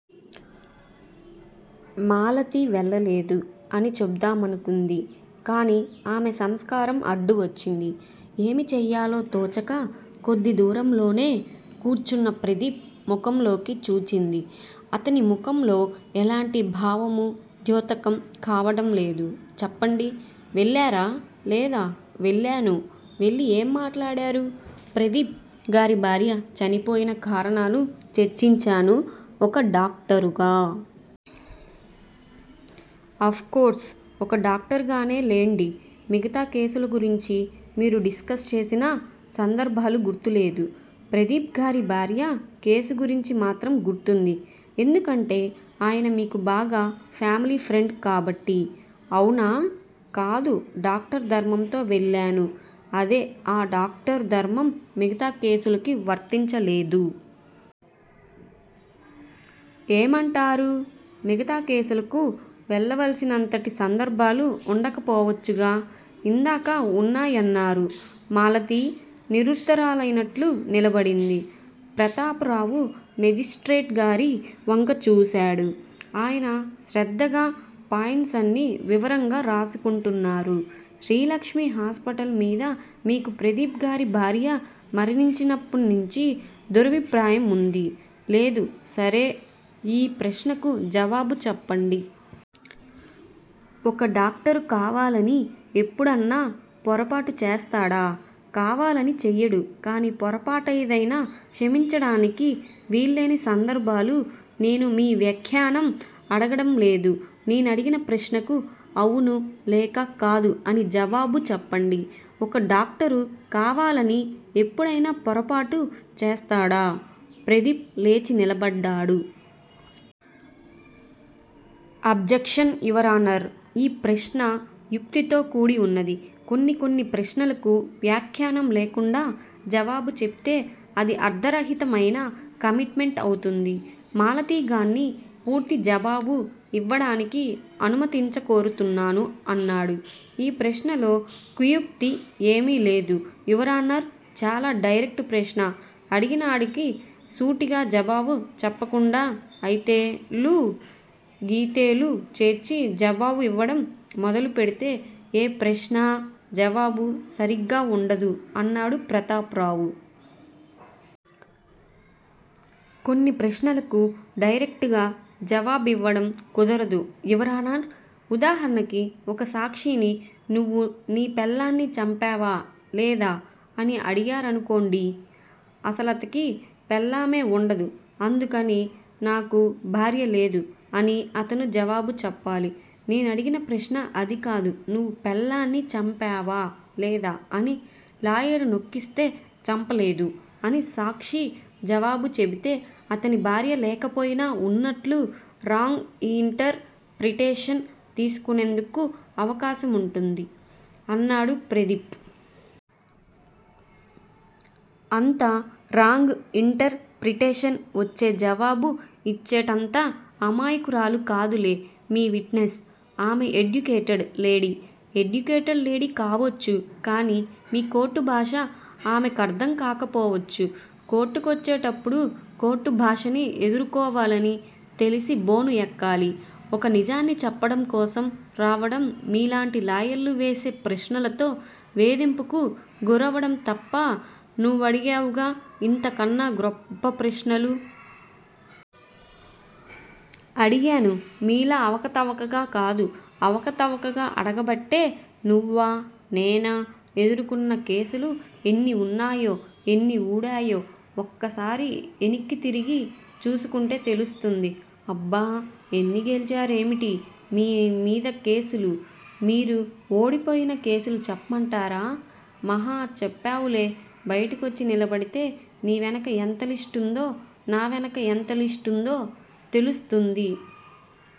మాలతి 'వెళ్ళలేదు' అని చెబుదామనుకుంది. కాని ఆమె సంస్కారం అడ్డువచ్చింది. ఏమి చెయ్యాలో తోచక కొద్దిదూరంలోనే కూర్చున్న ప్రదీప్ ముఖంలోకి చూచింది. అతని ముఖంలో ఎలాంటి భావమూ ద్యోతకం కావటంలేదు. చెప్పండి. వెళ్ళారా లేదా? వెళ్ళాను. వెళ్ళి ఏం మాట్లాడారు? ప్రదీప్ గారి భార్య చనిపోయిన కారణాలు చర్చించాను ఒక డాక్టరుగా. అఫ్ కోర్స్ ఒక డాక్టరుగానే లెండి. మిగతా కేసులుగురించి మీరు డిస్కస్ చేసిన సందర్భాలు గుర్తులేదు. ప్రదీప్ గారి భార్య కేసుగురించి మాత్రం గుర్తుంది. ఎందుకంటే ఆయన మీకు బాగా ఫామిలీఫ్రెండ్ కాబట్టి అవునా? కాదు డాక్టర్ ధర్మంతో వెళ్ళాను. అదే ఆ డాక్టరు ధర్మం మిగతా కేసులకి వర్తించలేదు. ఏమంటారు? మిగతా కేసులకు వెళ్ళవలసినంతటి సందర్భాలు వుండకపోవచ్చుగా! ఇందాక వున్నాయన్నారు? మాలతి నిరుత్తరురాలైనట్లు నిలబడింది. ప్రతాపరావు మేజిస్ట్రేట్ గారి వంక చూశాడు. ఆయన శ్రద్దగా పాయింట్సన్నీ వివరంగా రాసుకుంటున్నారు. శ్రీలక్ష్మి హాస్పిటల్ మీద మీకు ప్రదీప్ గారి భార్య మరణించినప్పట్నుంచి దురభిప్రాయముంది? లేదు. సరే యీ ప్రశ్నకు జవాబుచెప్పండి. ఒక డాక్టరు కావాలని ఎప్పుడన్నా పొరపాటు చేస్తాడా? కావాలని చెయ్యడు కాని పొరపాటేదైనా క్షమించటానికి వీల్లేని సందర్భాలు నేను మీ వ్యాఖ్యానం అడగటంలేదు. నేనడిగిన ప్రశ్నకు 'అవును' లేక 'కాదు' అని జవాబు చెప్పండి. ఒక డాక్టరు కావాలని ఎప్పుడైనా పొరపాటు చేస్తాడా? ప్రదీప్ లేచి నిలబడ్డాడు. Objection your honour! ఈ ప్రశ్న యుక్తితో కూడివున్నది. కొన్ని కొన్ని ప్రశ్నలకు వ్యాఖ్యానం లేకుండా జవాబు చెబితే అది అర్ధరహితమైన కమిట్ మెంట్ అవుతుంది. మాలతిగార్ని పూర్తి జవాబు యివ్వటానికి అనుమతించ కోరుతున్నాను అన్నాడు. ఈ ప్రశ్నలో కుయుక్తి ఏమీ లేదు యువరానర్! చాలా డైరెక్టు ప్రశ్న అడిగినడానికి సూటిగా జవాబు చెప్పకుండా అయితేలూ, గియితేలూ చేర్చి జవాబివ్వటం మొదలుపెడితే ఏ ప్రశ్నా-జవాబు సరిగ్గా వుండదు అన్నాడు ప్రతాపరావు. కొని ప్రశ్నలకు డైరెక్టుగా జవాబివ్వటం కుదరదు యువరానర్! ఉదాహరణకి ఒక సాక్షిని 'నువ్వు నీ పెళ్ళాన్ని చంపావా లేదా? ' అని అడిగారనుకోండి. అసలతకి పెళ్ళామే వుండదు. అందుకని 'నాకు భార్యలేదు' అని అతను జవాబుచెప్పాలి. 'నేనడిగిన ప్రశ్న అదికాదు నువ్వు పెళ్ళాన్ని చంపావా లేదా' అని లాయరు నొక్కిస్తే 'చంపలేదు' అని సాక్షి జవాబు చెబితే అతని భార్య లేకపోయినా వున్నట్లు రాంగ్ యింటర్ ప్రిటేషన్ తీసుకునేందుకు అవకాశముంటుంది అన్నాడు ప్రదీప్. అంత రాంగ్ యింటర్ ప్రిటేషన్ వచ్చే జవాబు యిచ్చేటంత అమాయకురాలు కాదులే మీ విట్ నెస్. ఆమె ఎడ్యుకేటెడ్ లేడీ. ఎడ్యుకేటెడ్ లేడీ కావచ్చు. కాని మీ కోర్టు భాష ఆమెకర్ధం కాకపోవచ్చు. కోర్టుకొచ్చేటప్పుడు కోర్టుభాషని ఎదుర్కోవాలని తెలిసి బోను ఎక్కాలి. ఒక నిజాన్ని చెప్పటంకోసం రావటం మీలాంటి లాయర్లు వేసే ప్రశ్నలతో వేధింపుకు గురవటంతప్ప నువ్వడిగావుగా యింతకన్నా గ్రొప్ప ప్రశ్నలు. అడిగాను మీలా అవకతవకగా కాదు. అవకతవకగా అడగబట్టే నువ్వా, నేనూ, ఎదుర్కొన్న కేసులు ఎన్ని వున్నాయో ఎన్ని ఊడాయో ఒక్కసారి వెనక్కి తిరిగి చూసుకుంటే తెలుస్తుంది. అబ్బా! ఎన్ని గెల్చారేమిటి నీ మీద కేసులు? మీరు ఓడిపోయిన కేసులు చెప్పమంటారా? మహా చెప్పావులే. బయటికొచ్చి నిలబడితే నీ వెనక ఎంత లిస్ట్ వుందో నా వెనక ఎంత లిస్ట్ వుందో తెలుస్తుంది.